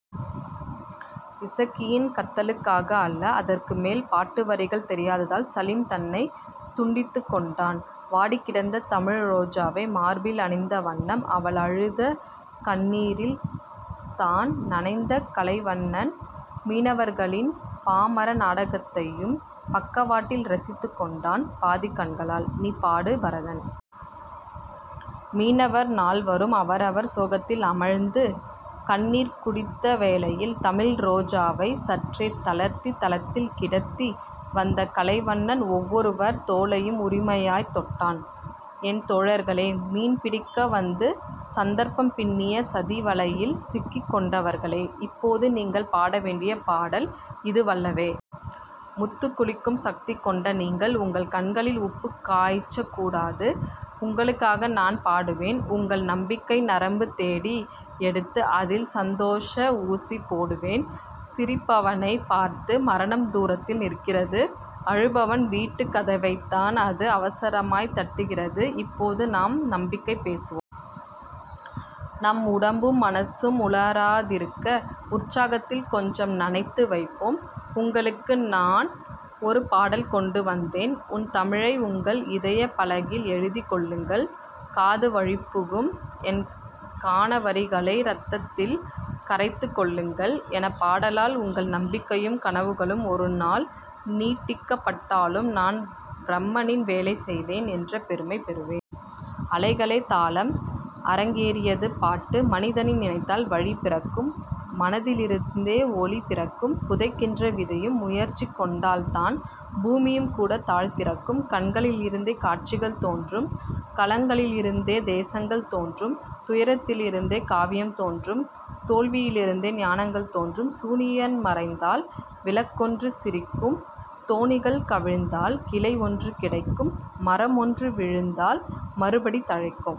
இசக்கியின் கத்தலுக்காக அல்ல அதற்கு மேல் பாட்டு வரிகள் தெரியாததால் சலீம் தன்னைத் துண்டித்துக் கொண்டான். வாடிக்கிடந்த தமிழ்ரோஜாவை மார்பில் அணிந்த வண்ணம், அவள் அழுத கண்ணீரில் தான் நனைந்த கலைவண்ணன், மீனவர்களின் பாமர நாடகத்தையும் பக்கவாட்டில் ரசித்துக் கொண்டான் பாதிக்கண்களால். நீ பாடு பரதன். மீனவர் நால்வரும் அவரவர் சோகத்தில் அமிழ்ந்து கண்ணீர் குடித்த வேளையில் தமிழ்ரோஜாவைச் சற்றே தளர்த்தித் தளத்தில் கிடத்தி வந்த கலைவண்ணன் ஒவ்வொருவர் தோளையும் உரிமையாய்த் தொட்டான். என் தோழர்களே. மீன் பிடிக்க வந்து சந்தர்ப்பம் பின்னிய சதிவலையில் சிக்கிக் கொண்டவர்களே. இப்போது நீங்கள் பாடவேண்டிய பாடல் இதுவல்லவே. முத்துக் குளிக்கும் சக்தி கொண்ட நீங்கள்... உங்கள் கண்களில் உப்புக் காய்ச்சக்கூடாது. உங்களுக்காக நான் பாடுவேன். உங்கள் நம்பிக்கை நரம்பு தேடி எடுத்து அதில் சந்தோஷ ஊசி போடுவேன். சிரிப்பவனைப் பார்த்து மரணம் தூரத்தில் நிற்கிறது. அழுபவன் வீட்டுக் கதவைத்தான் அது அவசரமாய்த் தட்டுகிறது. இப்போது நாம் நம்பிக்கை பேசுவோம். நம் உடம்பும் மனசும் உலராதிருக்க உற்சாகத்தில் கொஞ்சம் நனைத்து வைப்போம். உங்களுக்கு நான் ஒரு பாடல் கொண்டு வந்தேன். என் தமிழை உங்கள் இதயப் பலகையில் எழுதிக் கொள்ளுங்கள். காதுவழிப்புகும் என் கானவரிகளை ரத்தத்தில் கரைத்துக் கொள்ளுங்கள். என் பாடலால் உங்கள் நம்பிக்கையும் கனவுகளும் ஒருநாள் நீட்டிக்கப்பட்டாலும் நான் பிரம்மனின் வேலை செய்தேன் என்ற பெருமை பெறுவேன். அலைகளே தாளம். அரங்கேறியது பாட்டு மனிதன் நினைத்தால் வழி பிறக்கும். மனதிலிருந்தே ஒளி பிறக்கும் புதைக்கின்ற விதையும் முயற்சி கொண்டால்தான் பூமியும்கூடத் தாழ் திறக்கும் கண்களிலிருந்தே காட்சிகள் தோன்றும் களங்களிலிருந்தே தேசங்கள் தோன்றும் துயரத்திலிருந்தே காவியம் தோன்றும் தோல்வியிலிருந்தே ஞானங்கள் தோன்றும் சூரியன் மறைந்தால் விளக்கொன்று சிரிக்கும் தோணிகள் கவிழ்ந்தால் கிளை ஒன்று கிடைக்கும் மரமொன்று விழுந்தால் மறுபடி தழைக்கும்.